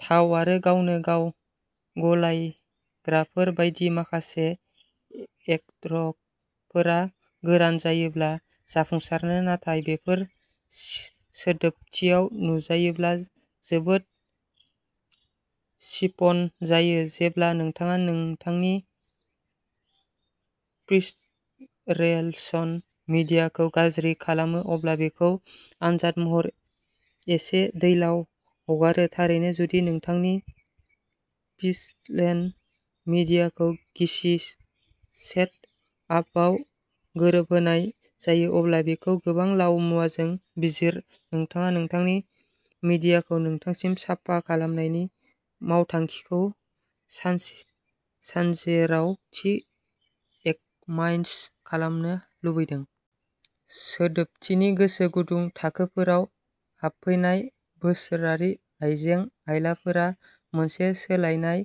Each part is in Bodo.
थाव आरो गावनो गाव गलायग्राफोर बायदि माखासे एकट्रकफोरा गोरान जायोब्ला जाफुंसारो नाथाय बेफोर सि सोदोबथियाव नुजायोब्ला जोबोद सिफन जायो जेब्ला नोंथाङा नोंथांनि फिसरेलशन मिडियाखौ गाज्रि खालामो अब्ला बेखौ आनजाद महरै एसे दैलाव हगारो थारैनो जुदि नोंथांनि फिसलेन्ट मिडियाखौ गिसि सेट आपआव गोरोबहोनाय जायो अब्ला बेखौ गोबां लाव मुवाजों बिजिर नोंथाङा नोंथांनि मिडियाखौ नोंथांसिम साफा खालामनायनि मावखान्थि सान सानजेराव थि एटमाइज खालामनो लुबैदों। सिदोबथिनि गोसो गुदुं थाखोफोराव हाबफैनाय बोसोरारि आयजें आइलाफोरा मोनसे सोलायनाय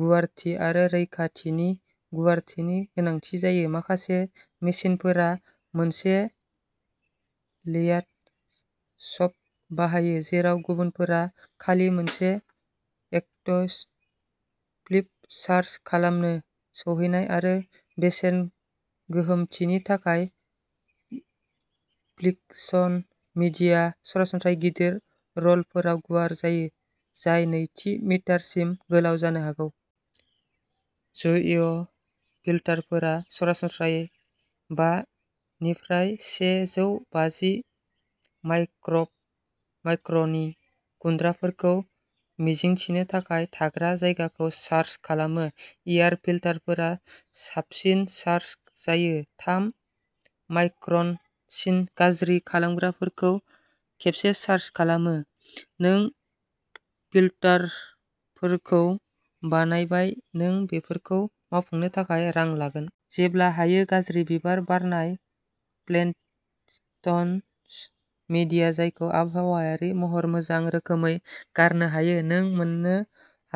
गुवारथि आरो रैखाथिनि गुवारथिनि गोनांथि जायो माखासे मेसिनफोरा मोनसे लेयार सम्प बाहायो जेराव गुबुनफोरा खालि मोनसे एकटुइस फ्लिम चार्ज खालामो सौहैनाय आरो बेसेन गोहोमथिनि थाखाय फ्लिकशन मिडियाआ सरासनस्रायै गिदिर र'लफोराव गुवार जायो जाय नैथि मिटारसिम गोलाव जानो हागौ। जयय फिल्टारफोरा सरासनस्रायै बा निफ्राय से जौ बाजि माइक्रब माइक्रननि गुनद्राफोरखौ मिजिंथिनो थाखाय थाग्रा जायगाखौ चार्ज खालामो। एयार फिल्टारफोरा साबसिन चार्ज जायो थाम माइक्रनसिन गाज्रि खालामग्राफोरखौ खेबसे चार्ज खालामो। नों फिल्टारफोरखौ बानायबाय नों बेफोरखौ मावफुंनो थाखाय रां लागोन। जेब्ला हायो गाज्रि बिबार बारनाय फ्लिमटन मिडिया जायखौ आबहावायारि महरै मोजां रोखोमै गारनो हायो। नों मोन्नो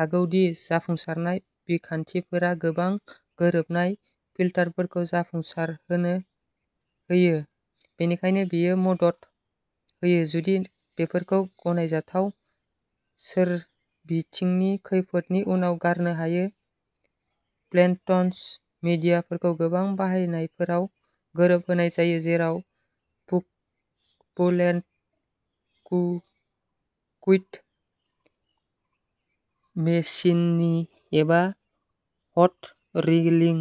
हागौदि जाफुंसारनाय बिखान्थिफोरा गोबां गोरोबनाय फिल्टारफोरखौ जाफुंसारहोयो बेनिखायनो बेयो मदद होयो जुदि बेफोरखौ गनायजाथाव सोरबिथिंनि खैफोदनि उनाव गारनो हायो फ्लिमटनस मिडियाखौ गोबां बाहायनायफोराव गोरोबहोनाय जायो जेराव कुलेन्ट कु कुइड मेशिनिं एबा हट रेलिं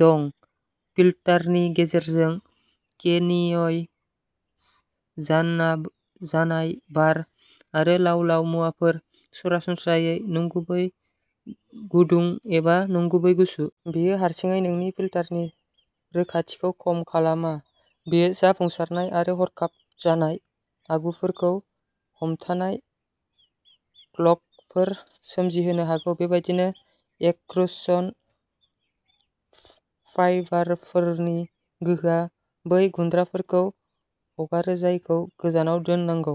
दं फिल्टारनि गेजेरजों केनिय जानाय बार आरो लाव लाव मुवाफोरा सरासनस्रायै नंगुबै गुदुं एबा नंगुबै गुसु। बेयो हारसिङै नोंनि फिल्टारनि रोखाथिखौ खम खालामा बेयो जाफुंसारनाय आरो हरखाब जानाय आगुफोरखौ हमथानाय क्लगफोर सोमजिहोनो हागौ। बेबायदिनो एक्रशन फाइबारफोरनि गोहोआ बै गुनद्राफोरखौ हगारो जायफोरखौ गोजानाव दोननांगौ।